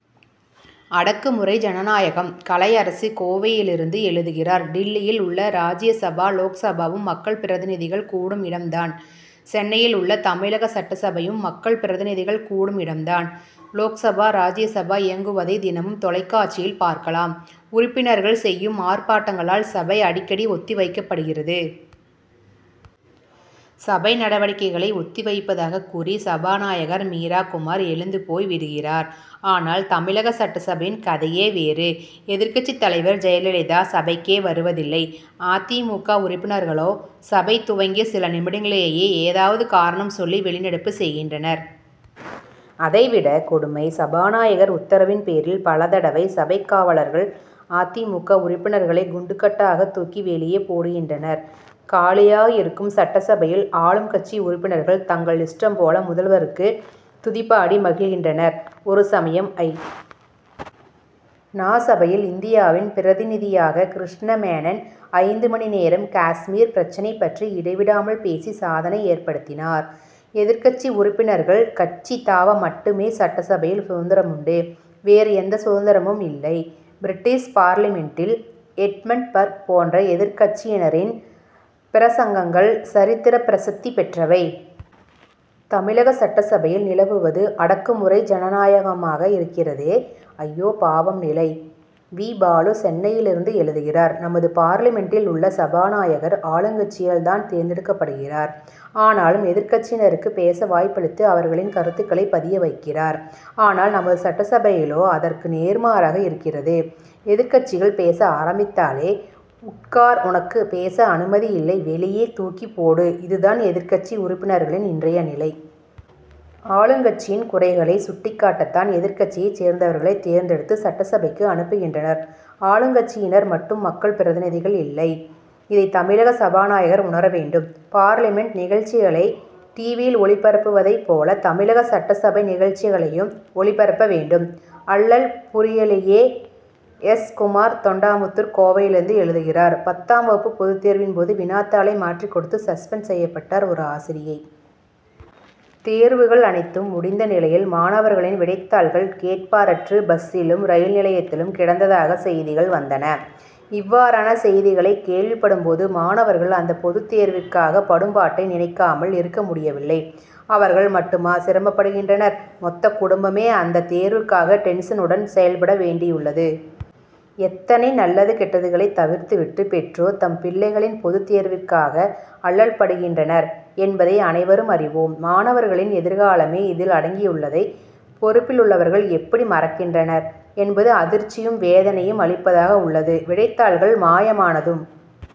அடக்கு முறை ஜனநாயகம்! கலை அரசு கோவையிலிருந்து எழுதுகிறார் டில்லியில் உள்ள ராஜ்யசபா லோக்சபாவும் மக்கள் பிரதிநிதிகள் கூடும் இடம் தான் சென்னையில் உள்ள தமிழக சட்டசபையும் மக்கள் பிரதிநிதிகள் கூடும் இடம் தான். லோக்சபா ராஜ்யசபா இயங்குவதை தினமும் தொலைக்காட்சியில் பார்க்கலாம். உறுப்பினர்கள் செய்யும் ஆர்ப்பாட்டங்களால் சபை அடிக்கடி ஒத்தி வைக்கப்படுகிறது. சபை நடவடிக்கைகளை ஒத்தி வைப்பதாகக் கூறி சபாநாயகர் மீரா குமார் எழுந்து போய் விடுகிறார். ஆனால் தமிழக சட்டசபையின் கதை யே வேறு. எதிர்க்கட்சித் தலைவர் ஜெயலலிதா சபைக்கே வருவதில்லை. அ. தி. மு. க. உறுப்பினர்களோ சபை துவங்கிய சில நிமிடங்களிலேயே ஏதாவது காரணம் சொல்லி வெளிநடப்பு செய்கின்றனர். அதைவிட கொடுமை சபாநாயகர் உத்தரவின் பேரில் பல தடவை சபைக் காவலர்கள் அ. தி. மு. க. உறுப்பினர்களைக் குண்டுக் கட்டாகத் தூக்கி வெளியே போடுகின்றனர். காலியாக இருக்கும் சட்டசபையில் ஆளும் கட்சி உறுப்பினர்கள் தங்கள் இஷ்டம் போல முதல்வருக்கு துதிபாடி மகிழ்கின்றனர். ஒரு சமயம் ஐ. நா. சபையில் இந்தியாவின் பிரதிநிதியாக கிருஷ்ணமேனன் ஐந்து மணி நேரம் காஷ்மீர் பிரச்னை பற்றி இடைவிடாமல் பேசி சாதனை ஏற்படுத்தினார். எதிர்க்கட்சி உறுப்பினர்கள் கட்சி தாவ மட்டுமே சட்டசபையில் சுதந்திரம் உண்டு வேறு எந்த சுதந்திரமும் இல்லை. பிரிட்டிஷ் பார்லிமென்டில் எட்மண்ட் பர்க் போன்ற எதிர்க்கட்சியினரின் பிரசங்கங்கள் சரித்திரப் பிரசித்தி பெற்றவை. தமிழக சட்டசபையில் நிலவுவது அடக்குமுறை ஜனநாயகமாக இருக்கிறதே! ஐயோ பாவம்நிலை! வி. பாலு சென்னையிலிருந்து எழுதுகிறார் நமது பார்லிமென்டில் உள்ள சபாநாயகர் ஆளுங்கட்சியால் தான் தேர்ந்தெடுக்கப்படுகிறார். ஆனாலும் எதிர்க்கட்சியினருக்கு பேச வாய்ப்பளித்து அவர்களின் கருத்துக்களை பதிய வைக்கிறார். ஆனால் நமது சட்டசபையிலோ அதற்கு நேர்மாறாக இருக்கிறது எதிர்க்கட்சிகள் பேச ஆரம்பித்தாலே உட் கார் உனக்கு பேச அனுமதி இல்லை வெளியே தூக்கிப் போடுஇதுதான் எதிர்க்கட்சி உறுப்பினர்களின் இன்றைய நிலை. ஆளுங்கட்சியின் குறைகளை சுட்டிக்காட்டத் தான் எதிர்க்கட்சியை சேர்ந்தவர்களை தேர்ந்தெடுத்து சட்டசபைக்கு அனுப்புகின்றனர். ஆளுங்கட்சியினர் மட்டும் மக்கள் பிரதிநிதிகள் இல்லை. இதை தமிழக சபாநாயகர் உணர வேண்டும். பார்லிமென்ட் நிகழ்ச்சிகளை டிவியில் ஒளிபரப்புவதை போல தமிழக சட்டசபை நிகழ்ச்சிகளையும் ஒளிபரப்ப வேண்டும். அல்லல்புரியலியே! எஸ். குமார் தொண்டாமுத்தூர் கோவையிலிருந்து எழுதுகிறார் பத்தாம் வகுப்பு பொதுத்தேர்வின் போது வினாத்தாளை மாற்றிக் கொடுத்து சஸ்பெண்ட் செய்யப்பட்டார் ஒரு ஆசிரியை. தேர்வுகள் அனைத்தும் முடிந்த நிலையில் மாணவர்களின் விடைத்தாள்கள் கேட்பாரன்று பஸ்சிலும் ரயில் நிலையத்திலும் கிடந்ததாக செய்திகள் வந்தன. இவ்வாறான செய்திகளைக் கேள்விப்படும் போது மாணவர்கள் அந்த பொதுத் தேர்விற்காக படும் பாட்டை நினைக்காமல் இருக்க முடியவில்லை. அவர்கள் மட்டுமா சிரமப்படுகின்றனர்? மொத்த குடும்பமே அந்த தேர்விற்காக டென்ஷனுடன் செயல்பட வேண்டியுள்ளது. எத்தனை நல்லது கெட்டதுகளை தவிர்த்து விட்டு பெற்றோர் தம் பிள்ளைகளின் பொதுத் தேர்விற்காக அல்லல்படுகின்றனர் என் பதை அனைவரும் அறிவோம். மாணவர்களின் எதிர்காலமே இதில் அடங்கி உள்ளதை பொறுப்பிலுள்ளவர்கள் எப்படி மறக்கின்றனர் என்பது அதிர்ச்சியும் வேதனையும் அளிப்பதாக உள்ளது. விடைத்தாள்கள் மாயமானதும்